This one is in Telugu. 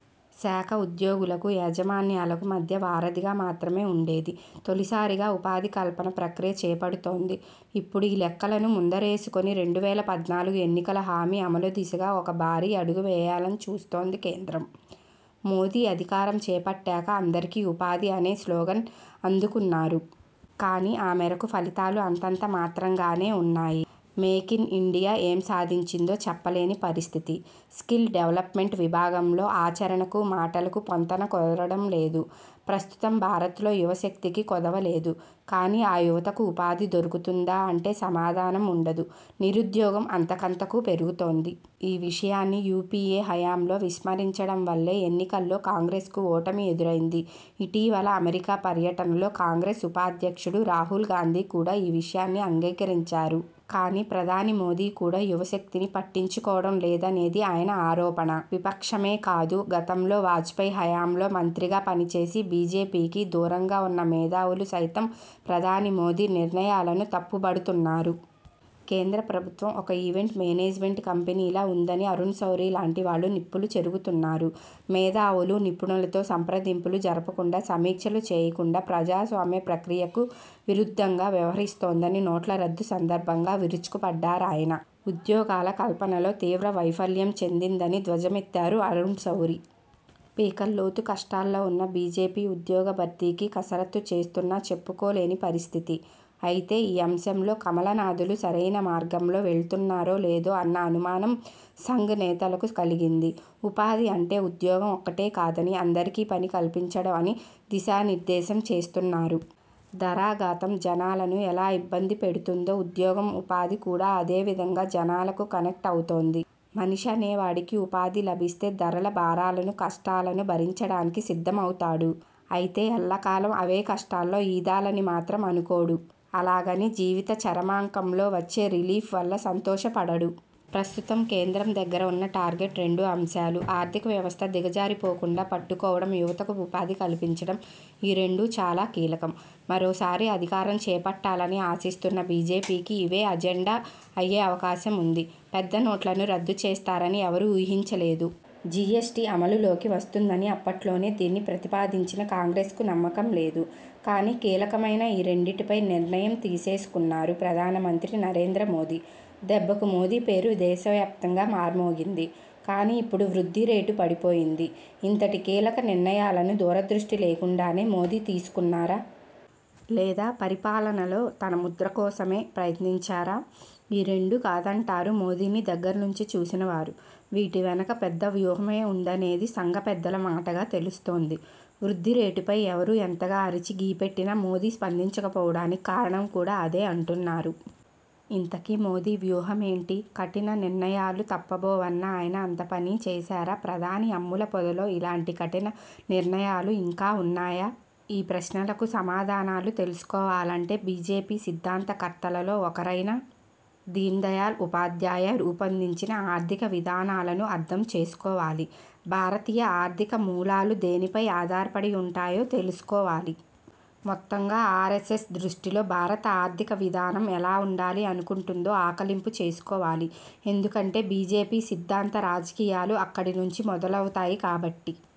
శాఖ ఉద్యోగులకు, యాజమాన్యాలకు మధ్య వారధిగా మాత్రమే ఉండేది. తొలిసారిగా ఉపాధికల్పన ప్రక్రియ చేపడుతోంది. ఇప్పుడీ లెక్కలను ముందరేసుకుని రెండు వేల పద్నాలుగు ఎన్నికల హామీ అమలు దిశగా ఒక భారీ అడుగు వేయాలని చూస్తోంది కేంద్రం. మోదీ అధికారం చేపట్టాక అందరికీ ఉపాధి అనే స్లోగన్ అందుకున్నారు. కానీ ఆ మేరకు ఫలితాలు అంతంత మాత్రంగానే ఉన్నాయి. మేక్ఇన్ఇండియా ఏం సాధించిందో చెప్పలేని పరిస్థితి. స్కిల్ డెవలప్మెంట్ విభాగంలో ఆచరణకు, మాటలకు పొంతన కుదరడం లేదు. ప్రస్తుతం భారత్లో యువశక్తికి కొదవలేదు. కానీ ఆ యువతకు ఉపాధి దొరుకుతుందా అంటే సమాధానం ఉండదు. నిరుద్యోగం అంతకంతకూ పెరుగుతోంది. ఈ విషయాన్ని యూపీఏ హయాంలో విస్మరించడం వల్లే ఎన్నికల్లో కాంగ్రెస్కు ఓటమి ఎదురైంది. ఇటీవల అమెరికా పర్యటనలో కాంగ్రెస్ ఉపాధ్యక్షుడు రాహుల్ గాంధీ కూడా ఈ విషయాన్ని అంగీకరించారు. కానీ ప్రధాని మోదీ కూడా యువశక్తిని పట్టించుకోవడం లేదనేది ఆయన ఆరోపణ. విపక్షమే కాదు గతంలో వాజ్పేయ్ హయాంలో మంత్రిగా పనిచేసి బీజేపీకి దూరంగా ఉన్న మేధావులు సైతం ప్రధాని మోదీ నిర్ణయాలను తప్పుబడుతున్నారు. కేంద్ర ప్రభుత్వం ఒక ఈవెంట్ మేనేజ్మెంట్ కంపెనీలా ఉందని అరుణ్శౌరీ లాంటి వాళ్లు నిప్పులు చెరుగుతున్నారు. మేధావులు, నిపుణులతో సంప్రదింపులు జరపకుండా సమీక్షలు చేయకుండా ప్రజాస్వామ్య ప్రక్రియకు విరుద్ధంగా వ్యవహరిస్తోందని నోట్ల రద్దు సందర్భంగా విరుచుకుపడ్డారాయన. ఉద్యోగాల కల్పనలో తీవ్ర వైఫల్యం చెందిందని ధ్వజమెత్తారు అరుణ్శౌరి. పీకల్లోతు కష్టాల్లో ఉన్న బీజేపీ ఉద్యోగ భర్తీకి కసరత్తు చేస్తున్నా చెప్పుకోలేని పరిస్థితి. అయితే ఈ అంశంలో కమలనాథులు సరైన మార్గంలో వెళ్తున్నారో లేదో అన్న అనుమానం సంఘ్ నేతలకు కలిగింది. ఉపాధి అంటే ఉద్యోగం ఒక్కటే కాదని అందరికీ పని కల్పించడం అని దిశానిర్దేశం చేస్తున్నారు. ధరాగాతం జనాలను ఎలా ఇబ్బంది పెడుతోందో ఉద్యోగం, ఉపాధి కూడా అదే విధంగా జనాలకు కనెక్ట్ అవుతోంది. మనిషి అనేవాడికి ఉపాధి లభిస్తే ధరల భారాలను, కష్టాలను భరించడానికి సిద్ధమవుతాడు. అయితే ఎల్లకాలం అవే కష్టాల్లో ఈదాలని మాత్రం అనుకోడు. అలాగని జీవిత చరమాంకంలో వచ్చే రిలీఫ్ వల్ల సంతోషపడడు. ప్రస్తుతం కేంద్రం దగ్గర ఉన్న టార్గెట్ రెండు అంశాలు. ఆర్థిక వ్యవస్థ దిగజారిపోకుండా పట్టుకోవడం. యువతకు ఉపాధి కల్పించడం. ఈ రెండు చాలా కీలకం. మరోసారి అధికారం చేపట్టాలని ఆశిస్తున్న బీజేపీకి ఇవే అజెండా అయ్యే అవకాశం ఉంది. పెద్దనోట్లను రద్దు చేస్తారని ఎవరూ ఊహించలేదు. జీఎస్టీ అమలులోకి వస్తుందని అప్పట్లోనే దీన్ని ప్రతిపాదించిన కాంగ్రెస్కు నమ్మకం లేదు. కానీ కీలకమైన ఈ రెండింటిపై నిర్ణయం తీసేసుకున్నారు ప్రధాన మంత్రి నరేంద్ర మోదీ. దెబ్బకు మోదీ పేరు దేశవ్యాప్తంగా మార్మోగింది. కానీ ఇప్పుడు వృద్ధి రేటు పడిపోయింది. ఇంతటి కీలక నిర్ణయాలను దూరదృష్టి లేకుండానే మోదీ తీసుకున్నారా? లేదా పరిపాలనలో తన ముద్ర కోసమే ప్రయత్నించారా? ఈ రెండూ కాదంటారు మోదీని దగ్గర నుంచి చూసినవారు. వీటి వెనక పెద్ద వ్యూహమే ఉందనేది సంఘ పెద్దల మాటగా తెలుస్తోంది. వృద్ధి రేటుపై ఎవరు ఎంతగా అరిచి గీపెట్టినా మోదీ స్పందించకపోవడానికి కారణం కూడా అదే అంటున్నారు. ఇంతకీ మోదీ వ్యూహమేంటి కఠిన నిర్ణయాలు తప్పబోవన్న ఆయన అంతపనీ చేశారా ప్రధాని అమ్ములపొదలో ఇలాంటి కఠిన నిర్ణయాలు ఇంకా ఉన్నాయా?.. ఈ ప్రశ్నలకు సమాధానాలు తెలుసుకోవాలంటే బీజేపీ సిద్ధాంత కర్తలలో ఒకరైన దీన్దయాల్ ఉపాధ్యాయ రూపొందించిన ఆర్థిక విధానాలను అర్థం చేసుకోవాలి. భారతీయ ఆర్థిక మూలాలు దేనిపై ఆధారపడి ఉంటాయో తెలుసుకోవాలి. మొత్తంగా ఆర్ఎస్ఎస్ దృష్టిలో భారత ఆర్థిక విధానం ఎలా ఉండాలి అనుకుంటుందో ఆకలింపు చేసుకోవాలి. ఎందుకంటే బీజేపీ సిద్ధాంత రాజకీయాలు అక్కడి నుంచి మొదలవుతాయి కాబట్టి.